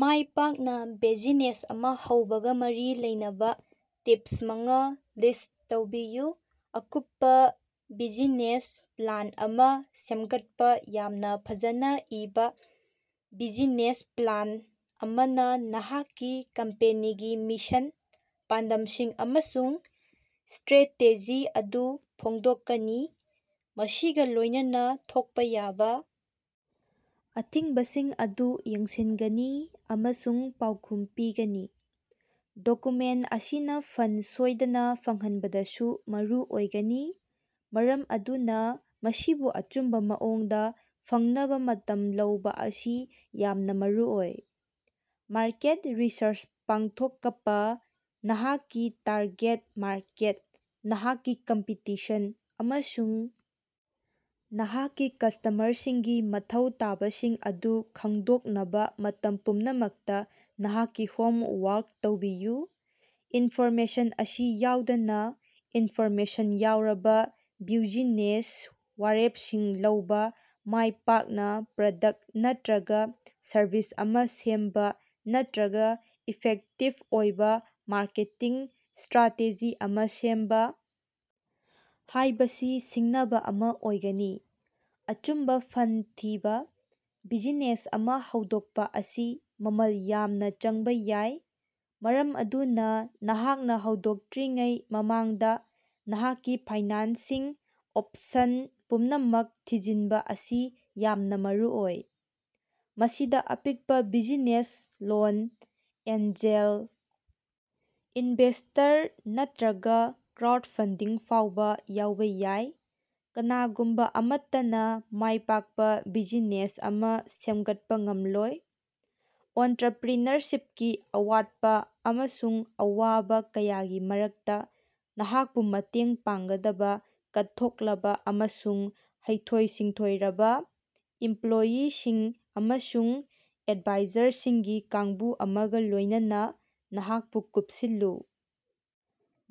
ꯃꯥꯏꯄꯥꯛꯅ business ꯑꯃ ꯍꯧꯕꯒ ꯃꯔꯤ ꯂꯩꯅꯕ ꯇꯤꯞꯁ ꯃꯉ ꯂꯤꯁ꯭ꯠ ꯇꯧꯕꯤꯌꯨ꯫ ꯑꯀꯨꯞꯄ ꯕꯤꯖꯤꯅꯦꯁ ꯄ꯭ꯂꯥꯟ ꯑꯃ ꯁꯦꯝꯒꯠꯄ ꯌꯥꯝꯅ ꯐꯖꯅ ꯏꯕ ꯕꯤꯖꯤꯅꯦꯁ ꯄ꯭ꯂꯥꯟ ꯑꯃꯅ ꯅꯍꯥꯛꯀꯤ ꯀꯝꯄꯦꯅꯤꯒꯤ ꯃꯤꯁꯟ, ꯄꯥꯟꯗꯝꯁꯤꯡ ꯑꯃꯁꯨꯡ ꯁ꯭ꯇꯔꯦꯇꯦꯖꯤ ꯑꯗꯨ ꯐꯣꯡꯗꯣꯛꯀꯅꯤ, ꯃꯁꯤꯒ ꯂꯣꯏꯅꯅ ꯊꯣꯛꯄ ꯌꯥꯕ ꯑꯊꯤꯡꯕꯁꯤꯡ ꯑꯗꯨ ꯌꯦꯡꯁꯤꯟꯒꯅꯤ ꯑꯃꯁꯨꯡ ꯄꯥꯎꯈꯨꯝ ꯄꯤꯒꯅꯤ꯫ ꯗꯣꯀꯨꯃꯦꯟꯇ ꯑꯁꯤꯅ ꯐꯟꯗ ꯁꯣꯏꯗꯅ ꯐꯪꯍꯟꯕꯗꯁꯨ ꯃꯔꯨ ꯑꯣꯏꯒꯅꯤ, ꯃꯔꯝ ꯑꯗꯨꯅ ꯃꯁꯤꯕꯨ ꯑꯆꯨꯝꯕ ꯃꯑꯣꯡꯗ ꯐꯪꯅꯕ ꯃꯇꯝ ꯂꯧꯕ ꯑꯁꯤ ꯌꯥꯝꯅ ꯃꯔꯨꯑꯣꯏ꯫ ꯃꯥꯔꯀꯦꯠ ꯔꯤꯁꯔꯆ ꯄꯥꯡꯊꯣꯀꯄꯥ: ꯅꯍꯥꯛꯀꯤ ꯇꯥꯔꯒꯦꯠ ꯃꯥꯔꯀꯦꯠ, ꯅꯍꯥꯛꯀꯤ ꯀꯝꯄꯤꯇꯤꯁꯟ, ꯑꯃꯁꯨꯡ ꯅꯍꯥꯛꯀꯤ ꯀꯁ꯭ꯇꯃꯔꯁꯤꯡꯒꯤ ꯃꯊꯧ ꯇꯥꯕꯁꯤꯡ ꯑꯗꯨ ꯈꯪꯗꯣꯛꯅꯕ ꯃꯇꯝ ꯄꯨꯝꯅꯃꯛꯇ ꯅꯍꯥꯛꯀꯤ ꯍꯣꯝ ꯋꯥꯔꯛ ꯇꯧꯕꯤꯌꯨ꯫ ꯏꯟꯐꯣꯔꯃꯦꯁꯟ ꯑꯁꯤ ꯌꯥꯎꯗꯅ, ꯏꯟꯐꯣꯔꯃꯦꯁꯟ ꯌꯥꯎꯔꯕ ꯕ꯭ꯌꯨꯖꯤꯅꯦꯁ ꯋꯥꯔꯦꯞꯁꯤꯡ ꯂꯧꯕ, ꯃꯥꯏꯄꯥꯛꯅ ꯄ꯭ꯔꯗꯛꯇ ꯅꯠꯇ꯭ꯔꯒ ꯁꯔꯚꯤꯁ ꯑꯃ ꯁꯦꯝꯕ ꯅꯠꯇ꯭ꯔꯒ ꯏꯐꯦꯛꯇꯤꯚ ꯑꯣꯏꯕ ꯃꯥꯔꯀꯦꯇꯤꯡ ꯁ꯭ꯇꯔꯥꯇꯦꯖꯤ ꯑꯃ ꯁꯦꯝꯕ ꯍꯥꯏꯕꯁꯤ ꯁꯤꯡꯅꯕ ꯑꯃ ꯑꯣꯏꯒꯅꯤ꯫ ꯑꯆꯨꯝꯕ ꯐꯟ ꯊꯤꯕ: ꯕꯤꯖꯤꯅꯦꯁ ꯑꯃ ꯍꯧꯗꯣꯛꯄ ꯑꯁꯤ ꯃꯃꯜ ꯌꯥꯝꯅ ꯆꯪꯕ ꯌꯥꯏ, ꯃꯔꯝ ꯑꯗꯨꯅ ꯅꯍꯥꯛꯅ ꯍꯧꯗꯣꯛꯇ꯭ꯔꯤꯉꯩ ꯃꯃꯥꯡꯗ ꯅꯍꯥꯛꯀꯤ ꯐꯥꯏꯅꯥꯟꯁꯤꯡ ꯑꯣꯞꯁꯟ ꯄꯨꯝꯅꯃꯛ ꯊꯤꯖꯤꯟꯕ ꯑꯁꯤ ꯌꯥꯝꯅ ꯃꯔꯨꯑꯣꯏ꯫ ꯃꯁꯤꯗ ꯑꯄꯤꯛꯄ ꯕꯤꯖꯤꯅꯦꯁ ꯂꯣꯟ, ꯑꯦꯟꯖꯦꯜ ꯏꯟꯚꯦꯁ꯭ꯇꯔ, ꯅꯠꯇ꯭ꯔꯒ ꯀ꯭ꯔꯥꯎꯗꯐꯟꯗꯤꯡ ꯐꯥꯎꯕ ꯌꯥꯎꯕ ꯌꯥꯏ꯫ ꯀꯅꯥꯒꯨꯝꯕ ꯑꯃꯠꯇꯅ ꯃꯥꯏꯄꯥꯛꯄ ꯕꯤꯖꯤꯅꯦꯁ ꯑꯃ ꯁꯦꯝꯒꯠꯄ ꯉꯝꯂꯣꯏ꯫ ꯑꯣꯟꯇ꯭ꯔꯄ꯭ꯔꯤꯅꯔꯁꯤꯞꯀꯤ ꯑꯋꯥꯠꯄ ꯑꯃꯁꯨꯡ ꯑꯋꯥꯕ ꯀꯌꯥꯒꯤ ꯃꯔꯛꯇ ꯅꯍꯥꯛꯄꯨ ꯃꯇꯦꯡ ꯄꯥꯡꯒꯗꯕ ꯀꯠꯊꯣꯛꯂꯕ ꯑꯃꯁꯨꯡ ꯍꯩꯊꯣꯏ-ꯁꯤꯡꯊꯣꯏꯔꯕ ꯏꯝꯄ꯭ꯂꯣꯌꯤꯁꯤꯡ ꯑꯃꯁꯨꯡ ꯑꯦꯗꯚꯥꯏꯖꯔꯁꯤꯡꯒꯤ ꯀꯥꯡꯕꯨ ꯑꯃꯒ ꯂꯣꯏꯅꯅ ꯅꯍꯥꯛꯄꯨ ꯀꯨꯞꯁꯤꯜꯂꯨ꯫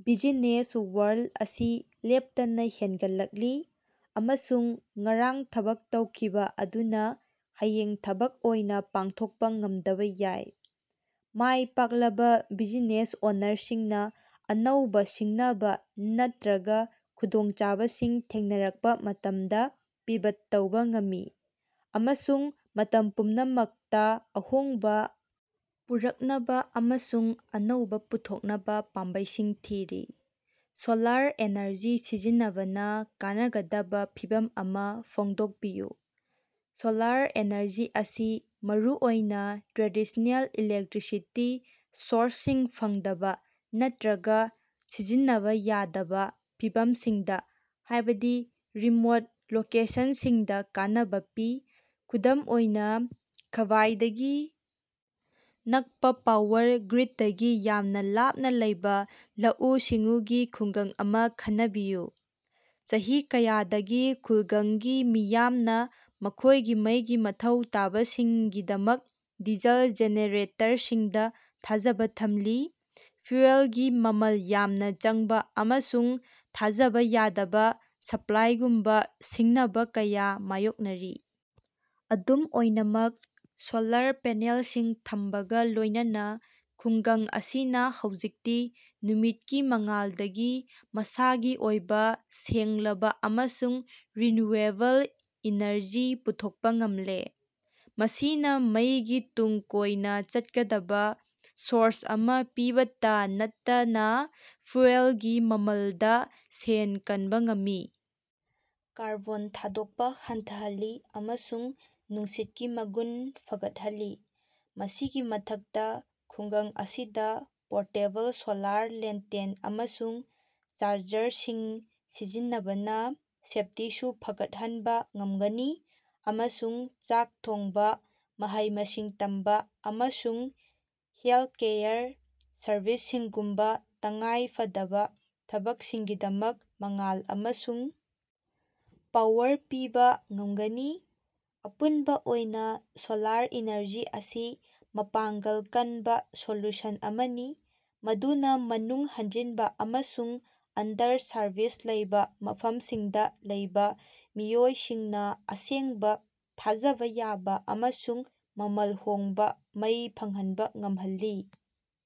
ꯕꯤꯖꯤꯅꯦꯁ ꯋꯥꯔꯜꯗ ꯑꯁꯤ ꯂꯦꯞꯇꯅ ꯍꯦꯟꯒꯠꯂꯛꯂꯤ, ꯑꯃꯁꯨꯡ ꯉꯔꯥꯡ ꯊꯕꯛ ꯇꯧꯈꯤꯕ ꯑꯗꯨꯅ ꯍꯌꯦꯡ ꯊꯕꯛ ꯑꯣꯏꯅ ꯄꯥꯡꯊꯣꯛꯄ ꯉꯝꯗꯕ ꯌꯥꯏ꯫ ꯃꯥꯏ ꯄꯥꯛꯂꯕ ꯕꯤꯖꯤꯅꯦꯁ ꯑꯣꯅꯔꯁꯤꯡꯅ ꯑꯅꯧꯕ ꯁꯤꯡꯅꯕ ꯅꯠꯇ꯭ꯔꯒ ꯈꯨꯗꯣꯡꯆꯥꯕꯁꯤꯡ ꯊꯦꯡꯅꯔꯛꯄ ꯃꯇꯝꯗ ꯄꯤꯚꯠ ꯇꯧꯕ ꯉꯝꯃꯤ, ꯑꯃꯁꯨꯡ ꯃꯇꯝ ꯄꯨꯝꯅꯃꯛꯇꯥ ꯑꯍꯣꯡꯕ ꯄꯨꯔꯛꯅꯕ ꯑꯃꯁꯨꯡ ꯑꯅꯧꯕ ꯄꯨꯊꯣꯛꯅꯕ ꯄꯥꯝꯕꯩꯁꯤꯡ ꯊꯤꯔꯤ꯫ ꯁꯣꯂꯥꯔ ꯑꯦꯅꯔꯖꯤ ꯁꯤꯖꯤꯟꯅꯕꯅ ꯀꯥꯟꯅꯒꯗꯕ ꯐꯤꯚꯝ ꯑꯃ ꯐꯣꯡꯗꯣꯛꯄꯤꯌꯨ꯫ ꯁꯣꯂꯥꯔ ꯑꯦꯅꯔꯖꯤ ꯑꯁꯤ ꯃꯔꯨꯑꯣꯏꯅ ꯇ꯭ꯔꯦꯗꯤꯁꯅꯦꯜ ꯏꯂꯦꯛꯇ꯭ꯔꯤꯁꯤꯇꯤ ꯁꯣꯔꯁꯁꯤꯡ ꯐꯪꯗꯕ ꯅꯠꯇ꯭ꯔꯒ ꯁꯤꯖꯤꯟꯅꯕ ꯌꯥꯗꯕ ꯐꯤꯚꯝꯁꯤꯡꯗ, ꯍꯥꯏꯕꯗꯤ ꯔꯤꯃꯣꯠ ꯂꯣꯀꯦꯁꯟꯁꯤꯡꯗ ꯀꯥꯟꯅꯕ ꯄꯤ꯫ ꯈꯨꯗꯝ ꯑꯣꯏꯅ, ꯈ꯭ꯕꯥꯏꯗꯒꯤ ꯅꯛꯄ ꯄꯥꯋꯔ ꯒ꯭ꯔꯤꯗꯇꯒꯤ ꯌꯥꯝꯅ ꯂꯥꯞꯅ ꯂꯩꯕ ꯂꯧꯎ-ꯁꯤꯡꯎꯒꯤ ꯈꯨꯡꯒꯪ ꯑꯃ ꯈꯟꯅꯕꯤꯌꯨ꯫ ꯆꯍꯤ ꯀꯌꯥꯗꯒꯤ ꯈꯨꯜꯒꯪꯒꯤ ꯃꯤꯌꯥꯝꯅ ꯃꯈꯣꯏꯒꯤ ꯃꯩꯒꯤ ꯃꯊꯧ ꯇꯥꯕꯁꯤꯡꯒꯤꯗꯃꯛ ꯗꯤꯖꯜ ꯖꯦꯅꯦꯔꯦꯇꯔꯁꯤꯡꯗ ꯊꯥꯖꯕ ꯊꯝꯂꯤ, ꯐ꯭ꯌꯨꯑꯦꯜꯒꯤ ꯃꯃꯜ ꯌꯥꯝꯅ ꯆꯪꯕ ꯑꯃꯁꯨꯡ ꯊꯥꯖꯕ ꯌꯥꯗꯕ ꯁꯄ꯭ꯂꯥꯏꯒꯨꯝꯕ ꯁꯤꯡꯅꯕ ꯀꯌꯥ ꯃꯥꯌꯣꯛꯅꯔꯤ꯫ ꯑꯗꯨꯝ ꯑꯣꯏꯅꯃꯛ ꯁꯣꯂꯥꯔ ꯄꯦꯅꯦꯜꯁꯤꯡ ꯊꯝꯕꯒ ꯂꯣꯏꯅꯅ ꯈꯨꯡꯒꯪ ꯑꯁꯤꯅ ꯍꯧꯖꯤꯛꯇꯤ ꯅꯨꯃꯤꯠꯀꯤ ꯃꯉꯥꯜꯗꯒꯤ ꯃꯁꯥꯒꯤ ꯑꯣꯏꯕ ꯁꯦꯡꯂꯕ ꯑꯃꯁꯨꯡ ꯔꯤꯅ꯭ꯌꯨꯑꯦꯕꯜ ꯏꯅꯔꯖꯤ ꯄꯨꯊꯣꯛꯄ ꯉꯝꯂꯦ꯫ ꯃꯁꯤꯅ ꯃꯩꯒꯤ ꯇꯨꯡ ꯀꯣꯏꯅ ꯆꯠꯀꯗꯕ ꯁꯣꯔꯁ ꯑꯃ ꯄꯤꯕꯇꯥ ꯅꯠꯇꯅ ꯐ꯭ꯌꯨꯑꯦꯜꯒꯤ ꯃꯃꯜꯗ ꯁꯦꯟ ꯀꯟꯕ ꯉꯝꯃꯤ, ꯀꯥꯔꯕꯣꯟ ꯊꯥꯗꯣꯛꯄ ꯍꯟꯊꯍꯜꯂꯤ ꯑꯃꯁꯨꯡ ꯅꯨꯡꯁꯤꯠꯀꯤ ꯃꯒꯨꯟ ꯐꯒꯠꯍꯜꯂꯤ꯫ ꯃꯁꯤꯒꯤ ꯃꯊꯛꯇ, ꯈꯨꯡꯒꯪ ꯑꯁꯤꯗ ꯄꯣꯔꯇꯦꯕꯜ ꯁꯣꯂꯥꯔ ꯂꯦꯟꯇꯦꯟ ꯑꯃꯁꯨꯡ ꯆꯥꯔꯖꯔꯁꯤꯡ ꯁꯤꯖꯤꯟꯅꯕꯅ ꯁꯦꯐꯇꯤꯁꯨ ꯐꯒꯠꯍꯟꯕ ꯉꯝꯒꯅꯤ ꯑꯃꯁꯨꯡ ꯆꯥꯛ ꯊꯣꯡꯕ, ꯃꯍꯩ-ꯃꯁꯤꯡ ꯇꯝꯕ, ꯑꯃꯁꯨꯡ ꯍꯦꯜꯊꯀꯦꯌꯔ ꯁꯔꯚꯤꯁꯁꯤꯡꯒꯨꯝꯕꯥ ꯇꯉꯥꯏ ꯐꯗꯕ ꯊꯕꯛꯁꯤꯡꯒꯤꯗꯃꯛ ꯃꯉꯥꯜ ꯑꯃꯁꯨꯡ ꯄꯥꯋꯔ ꯄꯤꯕꯥ ꯉꯝꯒꯅꯤ꯫ ꯑꯄꯨꯟꯕ ꯑꯣꯏꯅ ꯁꯣꯂꯥꯔ ꯏꯅꯔꯖꯤ ꯑꯁꯤ ꯃꯄꯥꯡꯒꯜ ꯀꯟꯕ ꯁꯣꯂꯨꯁꯟ ꯑꯃꯅꯤ ꯃꯗꯨꯅ ꯃꯅꯨꯡ ꯍꯟꯖꯤꯟꯕ ꯑꯃꯁꯨꯡ ꯑꯟꯗꯔ-ꯁꯥꯔꯚꯤꯁ ꯂꯩꯕ ꯃꯐꯝꯁꯤꯡꯗ ꯂꯩꯕ ꯃꯤꯑꯣꯏꯁꯤꯡꯅ ꯑꯁꯦꯡꯕ, ꯊꯥꯖꯕ ꯌꯥꯕ ꯑꯃꯁꯨꯡ ꯃꯃꯜ ꯍꯣꯡꯕ ꯃꯩ ꯐꯪꯍꯟꯕ ꯉꯝꯍꯜꯂꯤ꯫